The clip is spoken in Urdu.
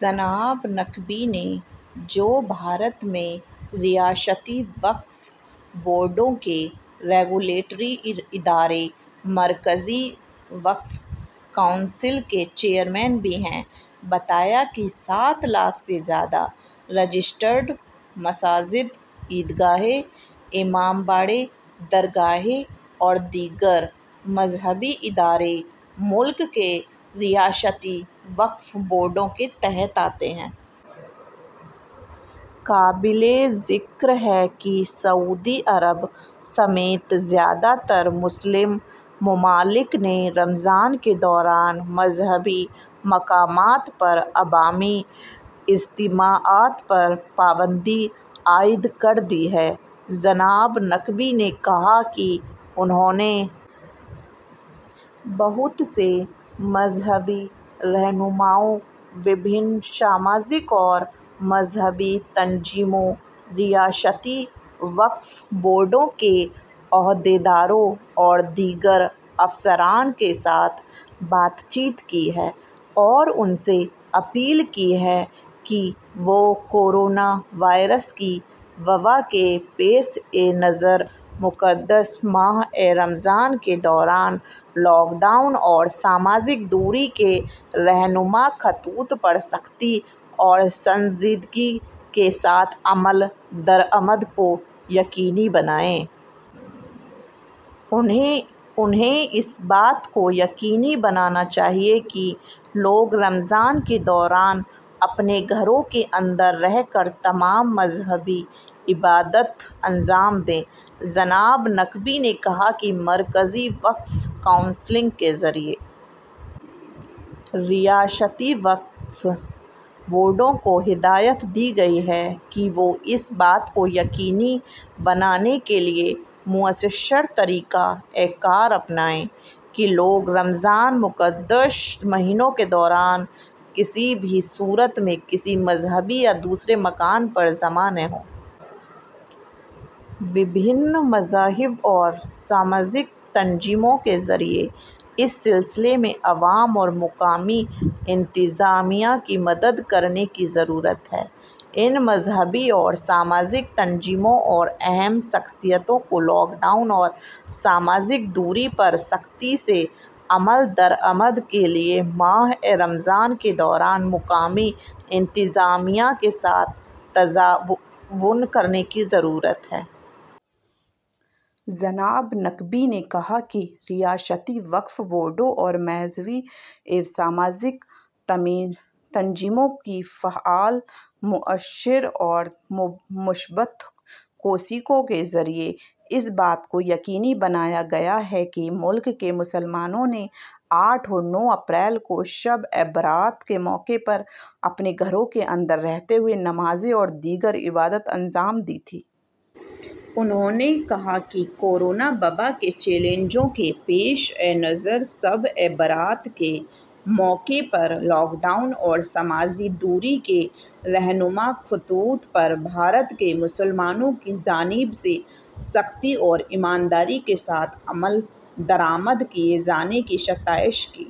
جناب نقوی نے، جو بھارت میں ریاستی وقف بورڈوں کے ریگولیٹری ادارے، مرکزی وقف کونسل کے چیئرمین بھی ہیں، بتایا کہ سات لاکھ سے زیادہ رجسٹرڈ مساجد، عید گاہیں، امام باڑے، درگاہیں اور دیگر مذہبی ادارے ملک کے ریاستی وقف بورڈوں کے تحت آتے ہیں۔ قابلِ ذکر ہے کہ سعودی عرب سمیت زیادہ تر مسلم ممالک نے رمضان کے دوران مذہبی مقامات پر عوامی اجتماعات پر پابندی عائد کر دی ہے۔ جناب نقوی نے کہا کہ انہوں نے بہت سے مذہبی رہنماؤں، مختلف سماجی اور مذہبی تنظیموں، ریاستی وقف بورڈوں کے عہدیداروں اور دیگر افسران کے ساتھ بات چیت کی ہے اور ان سے اپیل کی ہے کہ وہ کورونا وائرس کی وبا کے پیشِ نظر مقدس ماہِ رمضان کے دوران لاک ڈاؤن اور سماجی دوری کے رہنما خطوط پر سختی اور سنجیدگی کے ساتھ عمل درآمد کو یقینی بنائیں۔ انہیں اس بات کو یقینی بنانا چاہیے کہ لوگ رمضان کے دوران اپنے گھروں کے اندر رہ کر تمام مذہبی عبادات انجام دیں۔ جناب نقوی نے کہا کہ مرکزی وقف کونسل کے ذریعے ریاستی وقف بورڈوں کو ہدایت دی گئی ہے کہ وہ اس بات کو یقینی بنانے کے لیے مؤثر طریقۂ کار اپنائیں کہ لوگ رمضان کے مقدس مہینے کے دوران کسی بھی صورت میں کسی مذہبی یا دوسرے مقام پر جمع نہ ہوں۔ مختلف مذاہب اور سماجی تنظیموں کے ذریعے اس سلسلے میں عوام اور مقامی انتظامیہ کی مدد کرنے کی ضرورت ہے۔ ان مذہبی اور سماجی تنظیموں اور اہم شخصیات کو لاک ڈاؤن اور سماجی دوری پر سختی سے عمل درآمد کے لیے ماہِ رمضان کے دوران مقامی انتظامیہ کے ساتھ تعاون کرنے کی ضرورت ہے۔ جناب نقوی نے کہا کہ ریاستی وقف بورڈوں اور مذہبی و سماجی تنظیموں کی فعال، مؤثر اور مثبت کوششوں کے ذریعے اس بات کو یقینی بنایا گیا ہے کہ ملک کے مسلمانوں نے آٹھ اور نو اپریل کو شبِ برات کے موقع پر اپنے گھروں کے اندر رہتے ہوئے نمازیں اور دیگر عبادات انجام دی تھیں۔ انہوں نے کہا کہ کورونا وبا کے چیلنجوں کے پیشِ نظر شبِ برات کے موقع پر لاک ڈاؤن اور سماجی دوری کے رہنما خطوط پر بھارت کے مسلمانوں کی جانب سے سختی اور ایمانداری کے ساتھ عمل درآمد کیے جانے کی ستائش کی۔